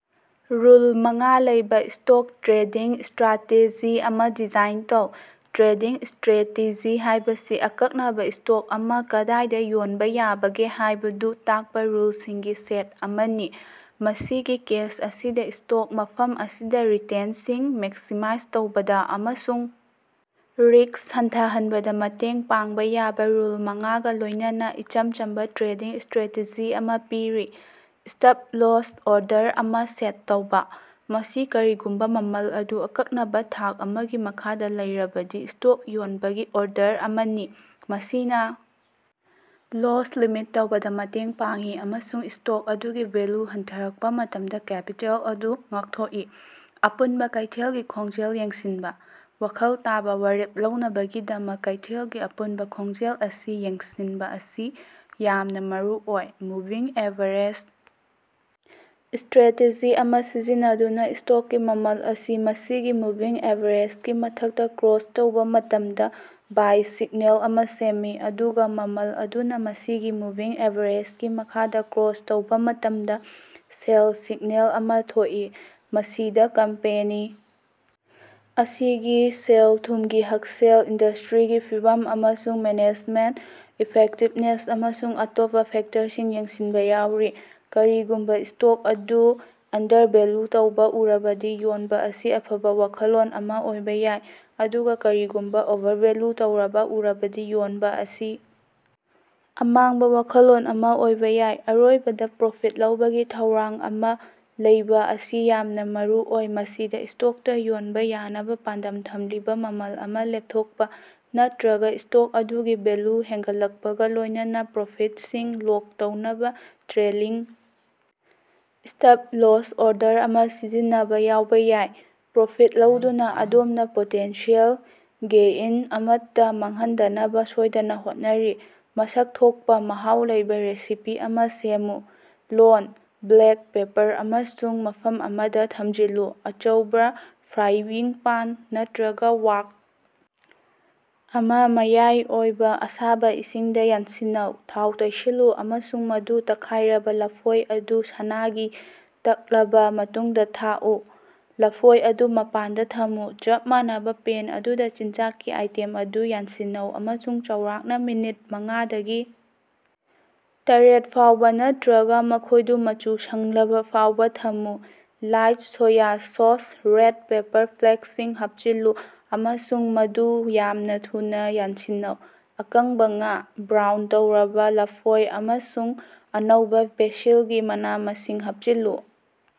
Rule ꯃꯉꯥ ꯂꯩꯕꯥ stock trading strategy ꯑꯃꯥ ꯗꯤꯖꯥꯏꯟ ꯇꯧ꯫ ꯇ꯭ꯔꯦꯗꯤꯡ ꯁ꯭ꯇꯔꯦꯇꯦꯖꯤ ꯍꯥꯏꯕꯁꯤ ꯑꯀꯛꯅꯕꯥ ꯁ꯭ꯇꯣꯛ ꯑꯃꯥ ꯀꯗꯥꯏꯗꯥ ꯌꯣꯟꯕꯥ ꯌꯥꯕꯒꯦ ꯍꯥꯏꯕꯗꯨ ꯇꯥꯛꯄꯥ ꯔꯨꯜꯁꯤꯡꯒꯤ ꯁꯦꯠ ꯑꯃꯅꯤ, ꯃꯁꯤꯒꯤ ꯀꯦꯁ ꯑꯁꯤꯗꯥ, ꯁ꯭ꯇꯣꯛ ꯃꯐꯝ ꯑꯁꯤꯗꯥ ꯔꯤꯇꯦꯟꯁꯤꯡ ꯃꯦꯛꯁꯤꯃꯥꯏꯖ ꯇꯧꯕꯗꯥ ꯑꯃꯁꯨꯡ ꯔꯤꯛꯁ ꯍꯟꯊꯍꯟꯕꯗꯥ ꯃꯇꯦꯡ ꯄꯥꯡꯕꯥ ꯌꯥꯕꯥ ꯔꯨꯜ ꯃꯉꯥꯒꯥ ꯂꯣꯏꯅꯅꯥ ꯏꯆꯝ ꯆꯝꯕꯥ ꯇ꯭ꯔꯦꯗꯤꯡ ꯁ꯭ꯇꯔꯦꯇꯦꯖꯤ ꯑꯃꯥ ꯄꯤꯔꯤ꯫ ꯁ꯭ꯇꯞ-ꯂꯣꯁ ꯑꯣꯔꯗꯔ ꯑꯃꯥ ꯁꯦꯠ ꯇꯧꯕꯥ: ꯃꯁꯤ ꯀꯔꯤꯒꯨꯝꯕꯥ ꯃꯃꯜ ꯑꯗꯨ ꯑꯀꯛꯅꯕꯥ ꯊꯥꯛ ꯑꯃꯒꯤ ꯃꯈꯥꯗꯥ ꯂꯩꯔꯕꯗꯤ ꯁ꯭ꯇꯣꯛ ꯌꯣꯟꯕꯥꯒꯤ ꯑꯣꯔꯗꯔ ꯑꯃꯅꯤ꯫ ꯃꯁꯤꯅꯥ ꯂꯣꯁ ꯂꯤꯃꯤꯠ ꯇꯧꯕꯗꯥ ꯃꯇꯦꯡ ꯄꯥꯡꯏ ꯑꯃꯁꯨꯡ ꯁ꯭ꯇꯣꯛ ꯑꯗꯨꯒꯤ ꯚꯦꯜꯂꯨ ꯍꯟꯊꯔꯛꯄꯥ ꯃꯇꯝꯗꯥ ꯀꯦꯄꯤꯇꯦꯜ ꯑꯗꯨ ꯉꯥꯛꯊꯣꯛꯏ꯫ ꯑꯄꯨꯟꯕꯥ ꯀꯩꯊꯦꯜꯒꯤ ꯈꯣꯡꯖꯦꯜ ꯌꯦꯡꯁꯤꯟꯕꯥ: ꯋꯥꯈꯜ ꯇꯥꯕꯥ ꯋꯥꯔꯦꯞ ꯂꯧꯅꯕꯒꯤꯗꯃꯛ ꯀꯩꯊꯦꯜ ꯒꯤ ꯑꯄꯨꯟꯕꯥ ꯈꯣꯡꯖꯦꯜ ꯑꯁꯤ ꯌꯦꯡꯁꯤꯟꯕꯥ ꯑꯁꯤ ꯌꯥꯝꯅꯥ ꯃꯔꯨꯑꯣꯏ꯫ ꯃꯨꯚꯤꯡ ꯑꯦꯚꯔꯦꯖ ꯁ꯭ꯇꯔꯦꯇꯦꯖꯤ ꯑꯃꯥ ꯁꯤꯖꯤꯟꯅꯗꯨꯅꯥ ꯁ꯭ꯇꯣꯛꯀꯤ ꯃꯃꯜ ꯑꯁꯤ ꯃꯁꯤꯒꯤ ꯃꯨꯚꯤꯡ ꯑꯦꯚꯔꯦꯖꯒꯤ ꯃꯊꯛꯇꯥ ꯀ꯭ꯔꯣꯁ ꯇꯧꯕꯥ ꯃꯇꯝꯗꯥ ꯕꯥꯏ ꯁꯤꯛꯅꯦꯜ ꯑꯃꯥ ꯁꯦꯝꯃꯤ, ꯑꯗꯨꯒꯥ ꯃꯃꯜ ꯑꯗꯨꯅꯥ ꯃꯁꯤꯒꯤ ꯃꯨꯚꯤꯡ ꯑꯦꯚꯔꯦꯖꯒꯤ ꯃꯈꯥꯗꯥ ꯀ꯭ꯔꯣꯁ ꯇꯧꯕꯥ ꯃꯇꯝꯗꯥ ꯁꯦꯜ ꯁꯤꯛꯅꯦꯜ ꯑꯃꯥ ꯊꯣꯛꯏ꯫ ꯃꯁꯤꯗꯥ ꯀꯝꯄꯦꯅꯤ ꯑꯁꯤꯒꯤ ꯁꯦꯜ-ꯊꯨꯝꯒꯤ ꯍꯛꯁꯦꯜ, ꯏꯟꯗꯁꯇ꯭ꯔꯤꯒꯤ ꯐꯤꯚꯝ ꯑꯃꯁꯨꯡ ꯃꯦꯅꯦꯖꯃꯦꯟꯇ ꯏꯐꯦꯛꯇꯤꯕꯅꯦꯁ, ꯑꯃꯁꯨꯡ ꯑꯇꯣꯞꯄꯥ ꯐꯦꯛꯇꯔꯁꯤꯡ ꯌꯦꯡꯁꯤꯟꯕꯥ ꯌꯥꯎꯔꯤ꯫ ꯀꯔꯤꯒꯨꯝꯕꯥ ꯁ꯭ꯇꯣꯛ ꯑꯗꯨ ꯑꯟꯗꯔꯚꯦꯂꯨ ꯇꯧꯕꯥ ꯎꯔꯕꯗꯤ ꯌꯣꯟꯕꯥ ꯑꯁꯤ ꯑꯐꯕꯥ ꯋꯥꯈꯜꯂꯣꯟ ꯑꯃꯥ ꯑꯣꯏꯕꯥ ꯌꯥꯏ, ꯑꯗꯨꯒꯥ ꯀꯔꯤꯒꯨꯝꯕꯥ ꯑꯣꯚꯔꯚꯦꯂꯨ ꯇꯧꯔꯕꯥ ꯎꯔꯕꯗꯤ ꯌꯣꯟꯕꯥ ꯑꯁꯤ ꯑꯃꯥꯡꯕ ꯋꯥꯈꯜꯂꯣꯟ ꯑꯃꯥ ꯑꯣꯏꯕꯥ ꯌꯥꯏ꯫ ꯑꯔꯣꯏꯕꯗꯥ, ꯄ꯭ꯔꯣꯐꯤꯠ ꯂꯧꯕꯒꯤ ꯊꯧꯔꯥꯡ ꯑꯃꯥ ꯂꯩꯕꯥ ꯑꯁꯤ ꯌꯥꯝꯅꯥ ꯃꯔꯨꯑꯣꯏ꯫ ꯃꯁꯤꯗꯥ ꯁ꯭ꯇꯣꯛꯇꯥ ꯌꯣꯟꯕꯥ ꯌꯥꯅꯕꯥ ꯄꯥꯟꯗꯝ ꯊꯝꯂꯤꯕꯥ ꯃꯃꯜ ꯑꯃꯥ ꯂꯦꯞꯊꯣꯛꯄꯥ, ꯅꯠꯇ꯭ꯔꯒꯥ ꯁ꯭ꯇꯣꯛ ꯑꯗꯨꯒꯤ ꯚꯦꯂꯨ ꯍꯦꯟꯒꯠꯂꯛꯄꯒꯥ ꯂꯣꯏꯅꯅꯥ ꯄ꯭ꯔꯣꯐꯤꯠꯁꯤꯡ ꯂꯣꯛ ꯇꯧꯅꯕꯥ ꯇ꯭ꯔꯦꯂꯤꯡ ꯁ꯭ꯇꯞ-ꯂꯣꯁ ꯑꯣꯔꯗꯔ ꯑꯃꯥ ꯁꯤꯖꯤꯟꯅꯕꯥ ꯌꯥꯎꯕꯥ ꯌꯥꯏ꯫ ꯄ꯭ꯔꯣꯐꯤꯠ ꯂꯧꯗꯨꯅꯥ ꯑꯗꯣꯝꯅꯥ ꯄꯣꯇꯦꯟꯁꯤꯌꯦꯜ ꯒꯦꯏꯟ ꯑꯃꯠꯇꯥ ꯃꯥꯡꯍꯟꯗꯅꯕꯥ ꯁꯣꯏꯗꯅꯥ ꯍꯣꯠꯅꯔꯤ꯫ ꯃꯁꯛ ꯊꯣꯛꯄꯥ ꯃꯍꯥꯎ ꯂꯩꯕꯥ ꯔꯦꯁꯤꯄꯤ ꯑꯃꯥ ꯁꯦꯝꯃꯨ꯫ ꯂꯣꯟ, ꯕ꯭ꯂꯦꯛ ꯄꯦꯄꯔ ꯑꯃꯁꯨꯡ ꯃꯐꯝ ꯑꯃꯗꯥ ꯊꯝꯖꯤꯜꯂꯨ꯫ ꯑꯆꯧꯕꯥ ꯐ꯭ꯔꯥꯏꯌꯤꯡꯄꯥꯟ ꯅꯠꯇ꯭ꯔꯒꯥ ꯋꯥꯛ ꯑꯃꯥ ꯃꯌꯥꯏ ꯑꯣꯏꯕꯥ ꯑꯁꯥꯕꯥ ꯏꯁꯤꯡꯗꯥ ꯌꯥꯟꯁꯤꯟꯅꯧ, ꯊꯥꯎ ꯇꯩꯁꯤꯜꯂꯨ ꯑꯃꯁꯨꯡ ꯃꯗꯨ ꯇꯛꯈꯥꯏꯔꯕꯥ ꯂꯐꯣꯏ ꯑꯗꯨ ꯁꯅꯥꯒꯤ ꯇꯛꯂꯕꯥ ꯃꯇꯨꯡꯗꯥ ꯊꯥꯛꯎ꯫ ꯂꯐꯣꯏ ꯑꯗꯨ ꯃꯄꯥꯟꯗꯥ ꯊꯝꯃꯨ꯫ ꯆꯞ ꯃꯥꯟꯅꯕꯥ ꯄꯦꯟ ꯑꯗꯨꯗꯥ, ꯆꯤꯟꯖꯥꯛꯀꯤ ꯑꯥꯏꯇꯦꯝ ꯑꯗꯨ ꯌꯥꯟꯁꯤꯟꯅꯧ ꯑꯃꯁꯨꯡ ꯆꯥꯎꯔꯥꯛꯅꯥ ꯃꯤꯅꯠ ꯃꯉꯥꯗꯒꯤ ꯇꯔꯦꯠ ꯐꯥꯎꯕꯥ ꯅꯠꯇ꯭ꯔꯒꯥ ꯃꯈꯣꯏꯗꯨ ꯃꯆꯨ ꯁꯪꯂꯕꯥ ꯐꯥꯎꯕꯥ ꯊꯝꯃꯨ꯫ Light soy sauce, red pepper ꯐ꯭ꯂꯦꯛꯁꯤꯡ ꯍꯥꯞꯆꯤꯜꯂꯨ ꯑꯃꯁꯨꯡ ꯃꯗꯨ ꯌꯥꯝꯅꯥ ꯊꯨꯅꯥ ꯌꯥꯟꯁꯤꯟꯅꯧ꯫ ꯑꯀꯪꯕꯥ ꯉꯥ, ꯕ꯭ꯔꯥꯎꯟ ꯇꯧꯔꯕꯥ ꯂꯐꯣꯏ ꯑꯃꯁꯨꯡ ꯑꯅꯧꯕꯥ ꯕꯦꯁꯤꯜꯒꯤ ꯃꯅꯥ-ꯃꯁꯤꯡ ꯍꯥꯞꯆꯤꯜꯂꯨ꯫